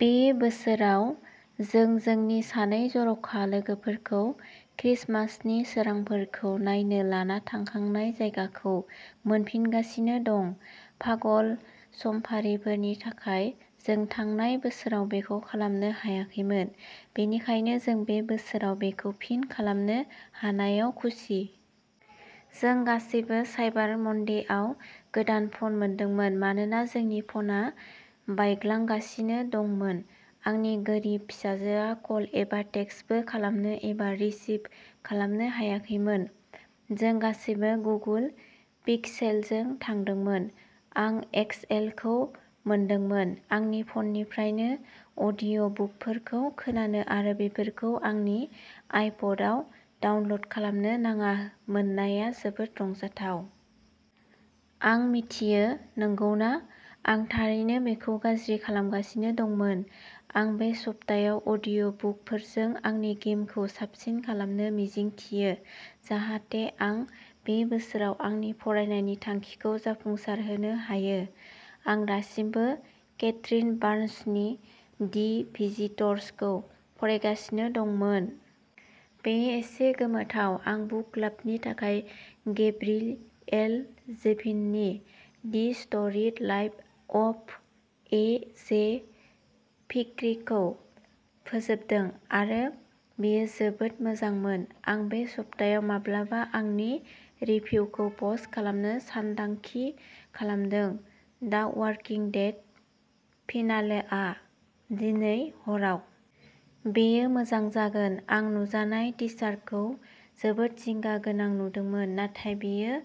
बे बोसोराव, जों जोंनि सानै जर'खा लोगोफोरखौ क्रिसमासनि सोरांफोरखौ नायनो लाना थांखांनाय जायगाखौ मोनफिनगासिनो दं। पागल समफारिफोरनि थाखाय, जों थांनाय बोसोराव बेखौ खालामनो हायाखैमोन, बेनिखायनो जों बे बोसोराव बेखौ फिन खालामनो हानायाव खुसि। जों गासैबो साइबार मंडेआव गोदान फन मोनदोंमोन मानोना जोंनि फनआ बायग्लांगासिनो दंमोन। आंनि गोरिब फिसाजोआ कल एबा टेक्सटबो खालामनो एबा रिसीव खालामनो हायाखैमोन। जों गासैबो गुगोल पिक्सेलजों थांदोंमोन। आं एक्सएलखौ मोनदोंमोन। आंनि फननिफ्रायनो अडिअ'बुकफोरखौ खोनानो आरो बेफोरखौ आंनि आइपडआव डाउनल'ड खालामनो नाङा मोननाया जोबोद रंजाथाव। आं मिथियो, नंगौना? आं थारैनो बेखौ गाज्रि खालामगासिनो दंमोन। आं बे सप्तायाव अडिअ'बुकफोरजों आंनि गेमखौ साबसिन खालामनो मिजिंथियो जाहाथे आं बे बोसोराव आंनि फरायनायनि थांखिखौ जाफुंसारहोनो हायो। आं दासिमबो केथरीन बार्न्सनि दि भिजिटर्सखौ फरायगासिनो दं। बेयो एसे गोमोथाव। आं बुक क्लाबनि थाखाय गेब्रिएल जेभिननि the storied life of A. J. फिक्रीखौ फोजोबदों आरो बेयो जोबोद मोजांमोन। आं बे सप्तायाव माब्लाबा आंनि रिभिउखौ पस्ट खालामनो सानथांखि खालामदों। दा वाकिं डेड फिनालेआ दिनै हराव। बेयो मोजां जागोन। आं नुजानाय टिजारखौ जोबोद जिंगा गोनां नुदोंमोन, नाथाय बेयो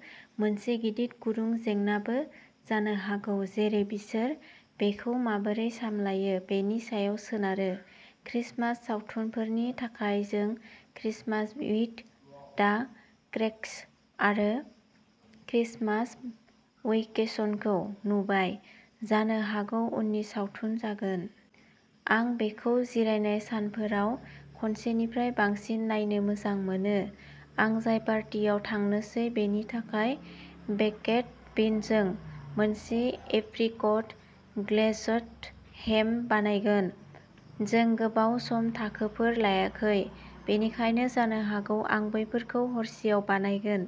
मोनसे गिदिर गुदुं जेंनाबो जानो हागौ, जेरै बिसोर बेखौ माबोरै सामलायो बेनि सायाव सोनारो। क्रिसमास सावथुनफोरनि थाखाय जों क्रिसमास विद दा क्रेन्कस आरो क्रिसमास वेकेसनखौ नुबाय, जानो हागौ उननि सावथुन जागोन। आं बेखौ जिरायनाय सानफोराव खनसेनिफ्राय बांसिन नायनो मोजां मोनो। आं जाय पार्टियाव थांनोसै बेनि थाखाय बेकड बिनजों मोनसे एप्रिकट ग्लेजड हेम बानायगोन। जों गोबाव सम टाकोफोर लायाखै, बेनिखायनो जानो हागौ आं बैफोरखौ हरसेआव बानायगोन।